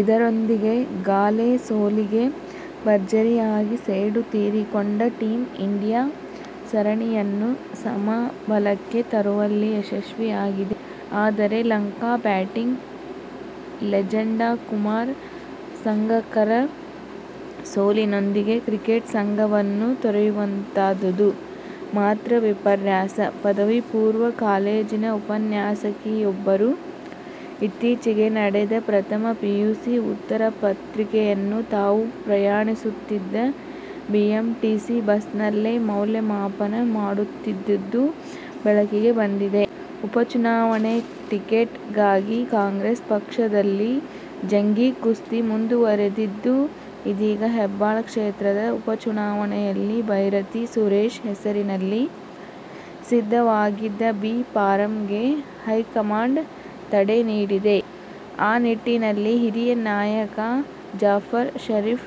ಇದರೊಂದಿಗೆ ಗಾಲೆ ಸೋಲಿಗೆ ಭರ್ಜರಿಯಾಗಿ ಸೇಡು ತೀರಿಕೊಂಡ ಟೀಮ್ ಇಂಡಿಯಾ ಸರಣಿಯನ್ನು ಸಮಬಲಕ್ಕೆ ತರುವಲ್ಲಿ ಯಶಸ್ವಿಯಾಗಿದೆ. ಆದರೆ ಲಂಕಾ ಬ್ಯಾಟಿಂಗ್ ಲೆಜೆಂಡ್ ಕುಮಾರ ಸಂಗಕ್ಕರ ಸೋಲಿನೊಂದಿಗೆ ಕ್ರಿಕೆಟ್ ಸಂಗವನ್ನು ತೊರೆಯುವಂತಾದುದು ಮಾತ್ರ ವಿಪರ್ಯಾಸ! ಪದವಿ ಪೂರ್ವ ಕಾಲೇಜಿನ ಉಪನ್ಯಾಸಕಿಯೊಬ್ಬರು ಇತ್ತೀಚೆಗೆ ನಡೆದ ಪ್ರಥಮ ಪಿಯುಸಿ ಉತ್ತರ ಪತ್ರಿಕೆಯನ್ನು ತಾವು ಪ್ರಯಾಣಿಸುತ್ತಿದ್ದ ಬಿಎಂಟಿಸಿ ಬಸ್ನಲ್ಲೇ ಮೌಲ್ಯಮಾಪನ ಮಾಡುತ್ತಿದ್ದುದು ಬೆಳಕಿಗೆ ಬಂದಿದೆ. ಉಪಚುನಾವಣೆ ಟಿಕೆಟ್ ಗಾಗಿ ಕಾಂಗ್ರೆಸ್ ಪಕ್ಷದಲ್ಲಿ ಜಂಗೀಕುಸ್ತಿ ಮುಂದುವರಿದಿದ್ದು, ಇದೀಗ ಹೆಬ್ಬಾಳ ಕ್ಷೇತ್ರದ ಉಪಚುನಾವಣೆಯಲ್ಲಿ ಬೈರತಿ ಸುರೇಶ್ ಹೆಸರಿನಲ್ಲಿ ಸಿದ್ಧವಾಗಿದ್ದ ಬಿ ಫಾರಂಗೆ ಹೈಕಮಾಂಡ್ ತಡೆ ನೀಡಿದೆ. ಆ ನಿಟ್ಟಿನಲ್ಲಿ ಹಿರಿಯ ನಾಯಕ ಜಾಫರ್ ಷರೀಫ್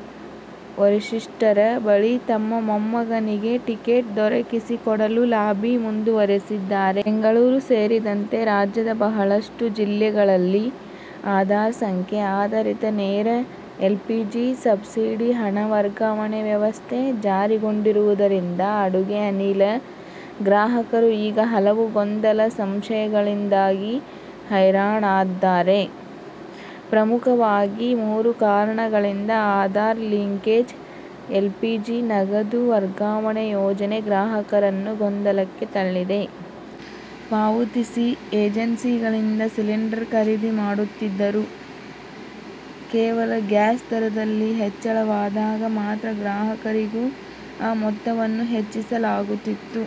ವರಿಷ್ಠರ ಬಳಿ ತಮ್ಮ ಮೊಮ್ಮಗನಿಗೆ ಟಿಕೆಟ್ ದೊರಕಿಸಿ ಕೊಡಲು ಲಾಬಿ ಮುಂದುವರಿಸಿದ್ದಾರೆ. ಬೆಂಗಳೂರು ಸೇರಿದಂತೆ ರಾಜ್ಯದ ಬಹಳಷ್ಟು ಜಿಲ್ಲೆಗಳಲ್ಲಿ ''ಆಧಾರ್' ಸಂಖ್ಯೆ ಆಧರಿತ ನೇರ ಎಲ್ಪಿಜಿ ಸಬ್ಸಿಡಿ ಹಣ ವರ್ಗಾವಣೆ ವ್ಯವಸ್ಥೆ ಜಾರಿಗೊಂಡಿರುವುದರಿಂದ ಅಡುಗೆ ಅನಿಲ ಗ್ರಾಹಕರು ಈಗ ಹಲವು ಗೊಂದಲ, ಸಂಶಯಗಳಿಂದಾಗಿ ಹೈರಾಣಾದ್ದಾರೆ! ಪ್ರಮುಖವಾಗಿ ಮೂರು ಕಾರಣಗಳಿಂದ ಆಧಾರ್ ಲಿಂಕೇಜ್ ಎಲ್ಪಿಜಿ ನಗದು ವರ್ಗಾವಣೆ ಯೋಜನೆ ಗ್ರಾಹಕರನ್ನು ಗೊಂದಲಕ್ಕೆ ತಳ್ಳಿದೆ. ಪಾವತಿಸಿ ಏಜೆನ್ಸಿಗಳಿಂದ ಸಿಲಿಂಡರ್ ಖರೀದಿ ಮಾಡುತ್ತಿದ್ದರು. ಕೇವಲ ಗ್ಯಾಸ್ ದರದಲ್ಲಿ ಹೆಚ್ಚಳವಾದಾಗ ಮಾತ್ರ ಗ್ರಾಹಕರಿಗೂ ಆ ಮೊತ್ತವನ್ನು ಹೆಚ್ಚಿಸಲಾಗುತ್ತಿತ್ತು.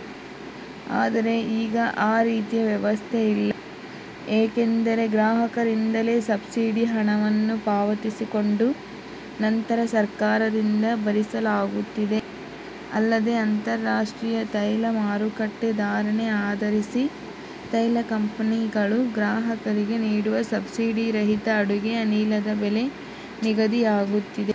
ಆದರೆ, ಈಗ ಆ ರೀತಿಯ ವ್ಯವಸ್ಥೆಯಿಲ್ಲ. ಏಕೆಂದರೆ, ಗ್ರಾಹಕರಿಂದಲೇ ಸಬ್ಸಿಡಿ ಹಣವನ್ನು ಪಾವತಿಸಿಕೊಂಡು ನಂತರ ಸರ್ಕಾರದಿಂದ ಭರಿಸಲಾಗುತ್ತಿದೆ. ಅಲ್ಲದೆ, ಅಂತಾರಾಷ್ಟ್ರೀಯ ತೈಲ ಮಾರುಕಟ್ಟೆ ಧಾರಣೆ ಆಧರಿಸಿ ತೈಲ ಕಂಪನಿಗಳು ಗ್ರಾಹಕರಿಗೆ ನೀಡುವ ಸಬ್ಸಿಡಿ ರಹಿತ ಅಡುಗೆ ಅನಿಲದ ಬೆಲೆ ನಿಗದಿಯಾಗುತ್ತಿದೆ.